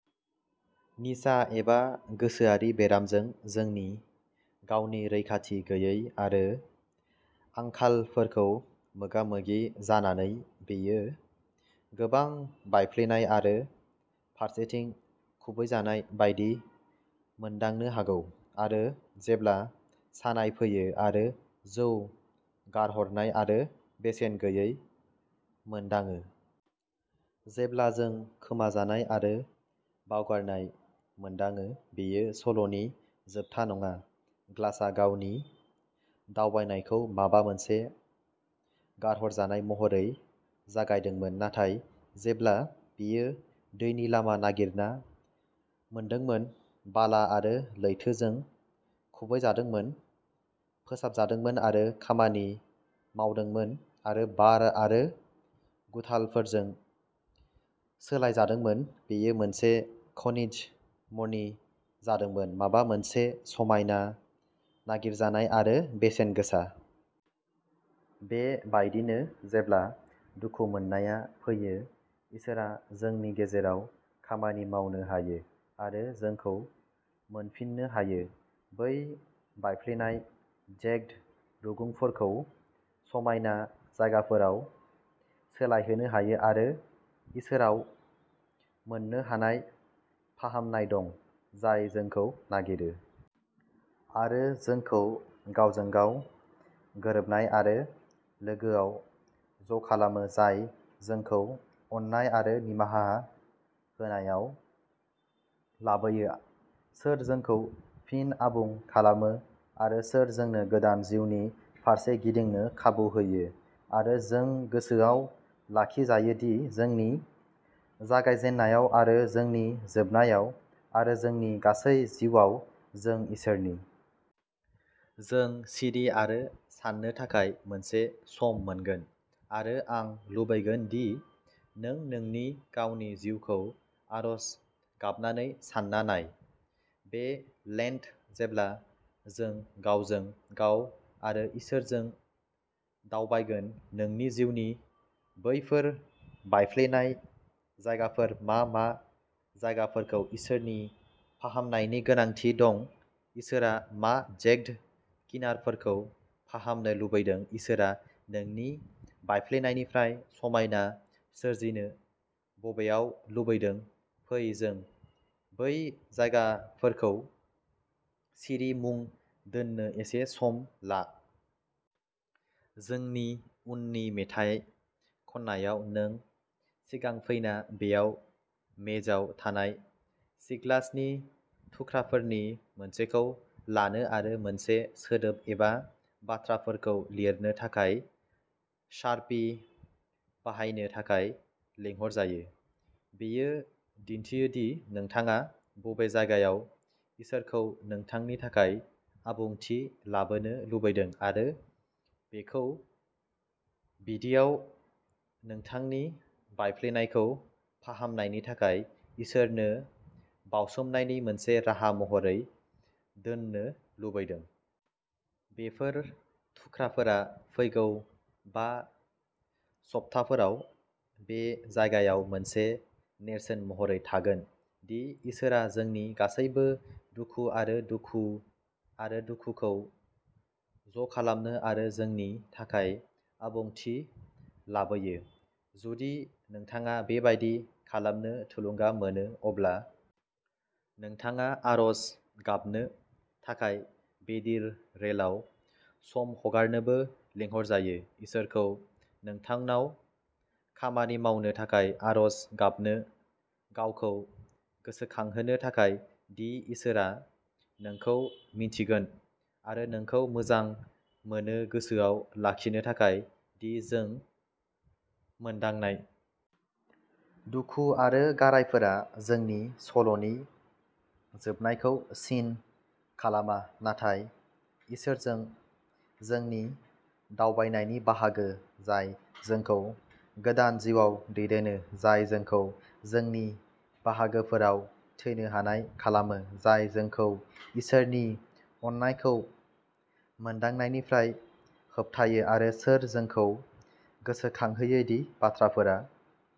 निसा एबा गोसोआरि बेरामजों जोंनि गावनि रैखाथि गैयै आरो आंखालफोरखौ मोगा मोगि जानानै बेयो गोबां बायफ्लेनाय आरो फारसेथिं खुबैजानाय बायदि मोनदांनो हागौ आरो जेब्ला सानाय फैयो आरो जों गारहरनाय आरो बेसेन गैयै मोनदाङो। जेब्ला जों खोमाजानाय आरो बावगारनाय मोनदाङो बेयो सल'नि जोबथा नङा ग्लासआ गावनि दावबायनायखौ माबा मोनसे गारहरजानाय महरै जागायदोंमोन नाथाय जेब्ला बेयो दैनि लामा नागिरना मोनदोंमोन बाला आरो लैथोजों खुबैजादोंमोन फोसाबजादोंमोन आरो खामानि मावदोंमोन आरो बार आरो गुथालफोरजों सोलायजादोंमोन बेयो मोनसे खनिजस मणि जादोंमोन माबा मोनसे समायना, नागिरजानाय आरो बेसेनगोसा। बे बायदिनो जेब्ला दुखु मोननाया फैयो इसोरआ जोंनि गेजेराव खामानि मावनो हायो आरो जोंखौ मोनफिननो हायो बै बायफ्लेनाय जेग्ड रुगुंफोरखौ समायना जायगाफोराव सोलायहोनो हायो आरो इसोराव मोननो हानाय फाहामनाय दं जाय जोंखौ नागिरो। आरो जोंखौ गावजों गाव गोरोबनाय आरो लोगोयाव ज'खालामो जाय जोंखौ अननाय आरो निमाहा होनायाव लाबोयो सोर जोंखौ फिन आबुं खालामो आरो सोर जोंनो गोदान जिउनि फारसे गिदिंनो खाबु होयो आरो जों गोसोआव लाखिजायो दि जोंनि जागायजेन्नायाव आरो जोंनि जोबनायाव आरो जोंनि गासै जिउआव-जों इसोरनि। जों सिरि आरो सान्नो थाखाय मोनसे सम मोनगोन आरो आं लुबैगोन दि नों नोंनि गावनि जिउखौ आरज गाबनानै सान्ना नाय। बे लेन्ट जेब्ला जों गावजों गाव आरो इसोरजों दावबायगोन नोंनि जिउनि बैफोर बायफ्लेनाय जायगाफोर मा मा जायफोरखौ इसोरनि फाहामनायनि गोनांथि दं इसोरआ मा जेग्ड किनारफोरखौ फाहामनो लुबैदों इसोरआ नोंनि बायफ्लेनायनिफ्राय समायना सोरजिनो बबेयाव लुबैदों फै जों बै जायगाफोरखौ सिरि मुं दोन्नो एसे सम ला। जोंनि उननि मेथाइ खननायाव नों सिगां फैना बेयाव मेजआव थानाय सिग्लासनि थुख्राफोरनि मोनसेखौ लानो आरो मोनसे सोदोब एबा बाथ्राफोरखौ लिरनो थाखाय शार्पि बाहायनो थाखाय लिंहरजायो। बेयो दिन्थियो दि नोंथाङा बबे जायगायाव इसोरखौ नोंथांनि थाखाय आबुंथि लाबोनो लुबैदों आरो बेखौ बेदियाव नोंथांनि बायफ्लेनायखौ फाहामनायनि थाखाय इसोरनो बावसोमनायनि मोनसे राहा महरै दोननो लुबैदों। बेफोर थुख्राफोरा फैगौ बा सप्ताफोराव बे जायगायाव मोनसे नेरसोन महरै थागोन दि इसोरआ जोंनि गासैबो दुखु आरो दुखु आरो दुखुखौ ज'खालामो आरो जोंनि थाखाय आबुंथि लाबोयो। जुदि नोंथाङा बेबादि खालामनो थुलुंगा मोनो अब्ला -- नोंथाङा आरज गाबनो थाखाय बेदिर रेलआव सम हगारनोबो लिंहरजायो इसोरखौ नोंथांनाव खामानि मावनो थाखाय आरज गाबनो गावखौ गोसोखांहोनो थाखाय दि इसोरआ नोंखौ मिन्थिगोन आरो नोंखौ मोजां मोनो गोसोआव लाखिनो थाखाय दि जों मोनदांनाय। दुखु आरो गारायफोरा जोंनि सल'नि जोबनायखौ सिन खालामा नाथाय इसोरजों जोंनि दावबायनायनि बाहागो जाय जोंखौ गोदान जिउआव दैदेनो जाय जोंखौ जोंनि बाहागोफोराव थैनो हानाय खालामो जाय जोंखौ इसोरनि अननायखौ मोनदांनायनिफ्राय होबथायो आरो सोर जोंखौ गोसोखांहोयो दि बाथ्राफोरा --